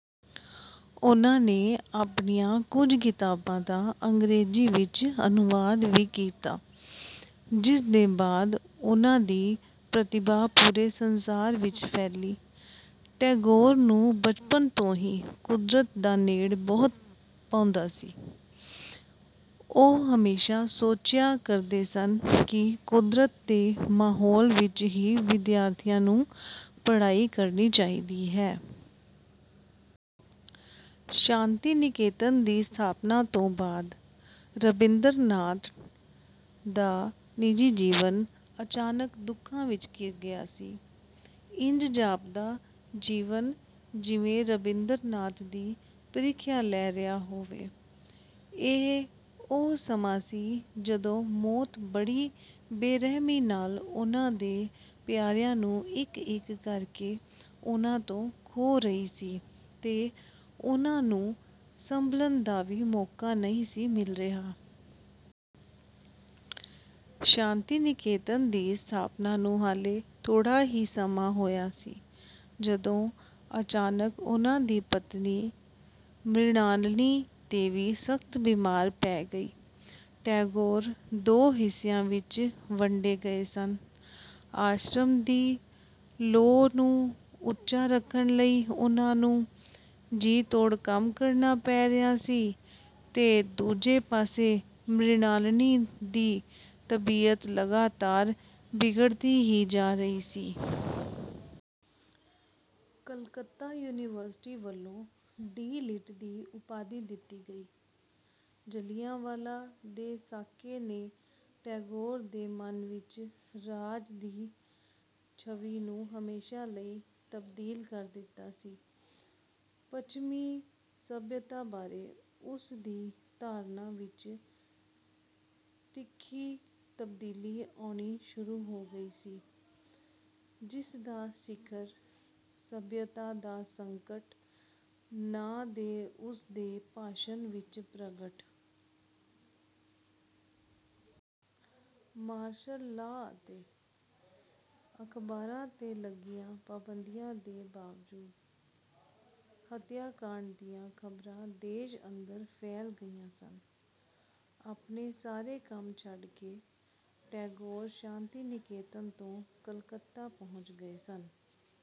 ਉਨ੍ਹਾਂ ਨੇ ਆਪਣੀਆਂ ਕੁੱਝ ਕਿਤਾਬਾਂ ਦਾ ਅੰਗਰੇਜ਼ੀ ਵਿੱਚ ਅਨੁਵਾਦ ਵੀ ਕੀਤਾ ਜਿਸ ਦੇ ਬਾਅਦ ਉਨ੍ਹਾਂ ਦੀ ਪ੍ਰਤਿਭਾ ਪੂਰੇ ਸੰਸਾਰ ਵਿੱਚ ਫੈਲੀ। ਟੈਗੋਰ ਨੂੰ ਬਚਪਨ ਤੋਂ ਹੀ ਕੁਦਰਤ ਦਾ ਨੇੜ ਬਹੁਤ ਭਾਉਂਦਾ ਸੀ। ਉਹ ਹਮੇਸ਼ਾ ਸੋਚਿਆ ਕਰਦੇ ਸਨ ਕਿ ਕੁਦਰਤ ਦੇ ਮਾਹੌਲ ਵਿੱਚ ਹੀ ਵਿਦਿਆਰਥੀਆਂ ਨੂੰ ਪੜ੍ਹਾਈ ਕਰਨੀ ਚਾਹੀਦੀ ਹੈ। ਸ਼ਾਂਤੀ ਨਿਕੇਤਨ ਦੀ ਸਥਾਪਨਾਂ ਤੋਂ ਬਾਦ ਰਬਿੰਦਰ ਨਾਥ ਦਾ ਨਿਜੀ ਜੀਵਨ ਅਚਾਨਕ ਦੁੱਖਾਂ ਵਿੱਚ ਘਿਰ ਗਿਆ ਸੀ। ਇੰਜ ਜਾਪਦਾ ਜੀਵਨ ਜਿਵੇਂ ਰਬਿੰਦਰ ਨਾਥ ਦੀ ਪ੍ਰੀਖਿਆ ਲੈ ਰਿਹਾ ਹੋਵੇ। ਇਹ ਉਹ ਸਮਾਂ ਸੀ ਜਦੋਂ ਮੌਤ ਬੜੀ ਬੇਰਹਿਮੀ ਨਾਲ ਉਨ੍ਹਾਂ ਦੇ ਪਿਆਰਿਆਂ ਨੂੰ ਇੱਕ-ਇੱਕ ਕਰਕੇ ਉਨ੍ਹਾਂ ਤੋਂ ਖੋਹ ਰਹੀ ਸੀ ਤੇ ਉਨ੍ਹਾਂ ਨੂੰ ਸੰਭਲਣ ਦਾ ਵੀ ਮੌਕਾ ਨਹੀਂ ਸੀ ਮਿਲ ਰਿਹਾ। ਸ਼ਾਂਤੀ ਨਿਕੇਤਨ ਦੀ ਸਥਾਪਨਾ ਨੂੰ ਹਾਲੇ ਥੋੜਾ ਹੀ ਸਮਾਂ ਹੋਇਆ ਸੀ, ਜਦੋਂ ਅਚਾਨਕ ਉਨ੍ਹਾਂ ਦੀ ਪਤਨੀ ਮ੍ਰਿਣਾਲਨੀ ਦੇਵੀ ਸਖਤ ਬੀਮਾਰ ਪੈ ਗਈ। ਟੈਗੋਰ ਦੋ ਹਿੱਸਿਆਂ ਵਿੱਚ ਵੰਡੇ ਗਏ ਸਨ; ਆਸ਼ਰਮ ਦੀ ਲੋਅ ਨੂੰ ਉੱਚਾ ਰੱਖਣ ਲਈ ਉਨ੍ਹਾਂ ਨੂੰ ਜੀ-ਤੋੜ ਕੰਮ ਕਰਨਾ ਪੈ ਰਿਹਾ ਸੀ, ਤੇ ਦੂਜੇ ਪਾਸੇ ਮ੍ਰਿਣਾਲਨੀ ਦੀ ਤਬੀਅਤ ਲਗਾਤਾਰ ਬਿਗੜਦੀ ਹੀ ਜਾ ਰਹੀ ਸੀ। ਕਲਕੱਤਾ ਯੂਨੀਵਰਸਿਟੀ ਵੱਲੋਂ ਡੀ. ਲਿਟ ਦੀ ਉਪਾਧੀ ਦਿੱਤੀ ਗਈ। ਜਲ੍ਹਿਆਂਵਾਲਾ ਦੇ ਸਾਕੇ ਨੇ ਟੈਗੋਰ ਦੇ ਮਨ ਵਿੱਚ "ਰਾਜ" ਦੀ ਛਵੀ ਨੂੰ ਹਮੇਸ਼ਾ ਲਈ ਤਬਦੀਲ ਕਰ ਦਿੱਤਾ ਸੀ। ਪਛਮੀ ਸਭਿਅਤਾ ਬਾਰੇ ਉਸਦੀ ਧਾਰਨਾ ਵਿੱਚ ਤਿੱਖੀ ਤਬਦੀਲੀ ਆਉਣੀ ਸ਼ੁਰੂ ਹੋ ਗਈ ਸੀ, ਜਿਸਦਾ ਸਿਖਰ "ਸਭਿਅਤਾ ਦਾ ਸੰਕਟ" ਨਾਂ ਦੇ ਉਸਦੇ ਭਾਸ਼ਣ ਵਿੱਚ ਪ੍ਰਗਟ ਹੁੰਦਾ ਹੈ ਜੋ ਉਸਨੇ ਆਪਣੇ ਆਖਰੀ ਜਨਮਦਿਨ ਸਮੇਂ ਦਿੱਤਾ ਸੀ। ਮਾਰਸ਼ਲ ਲਾਅ ਅਤੇ ਅਖਬਾਰਾਂ 'ਤੇ ਲੱਗੀਆਂ ਪਾਬੰਦੀਆਂ ਦੇ ਬਾਵਜੂਦ ਹਤਿਆਕਾੰਡ ਦੀਆਂ ਖਬਰਾਂ ਦੇਸ਼ ਅੰਦਰ ਫੈਲ ਗਈਆਂ ਸਨ। ਆਪਣੇ ਸਾਰੇ ਕੰਮ ਛੱਡ ਕੇ ਟੈਗੋਰ ਸ਼ਾਂਤੀ-ਨਿਕੇਤਨ ਤੋਂ ਕਲਕੱਤਾ ਪਹੁੰਚ ਗਏ ਸਨ।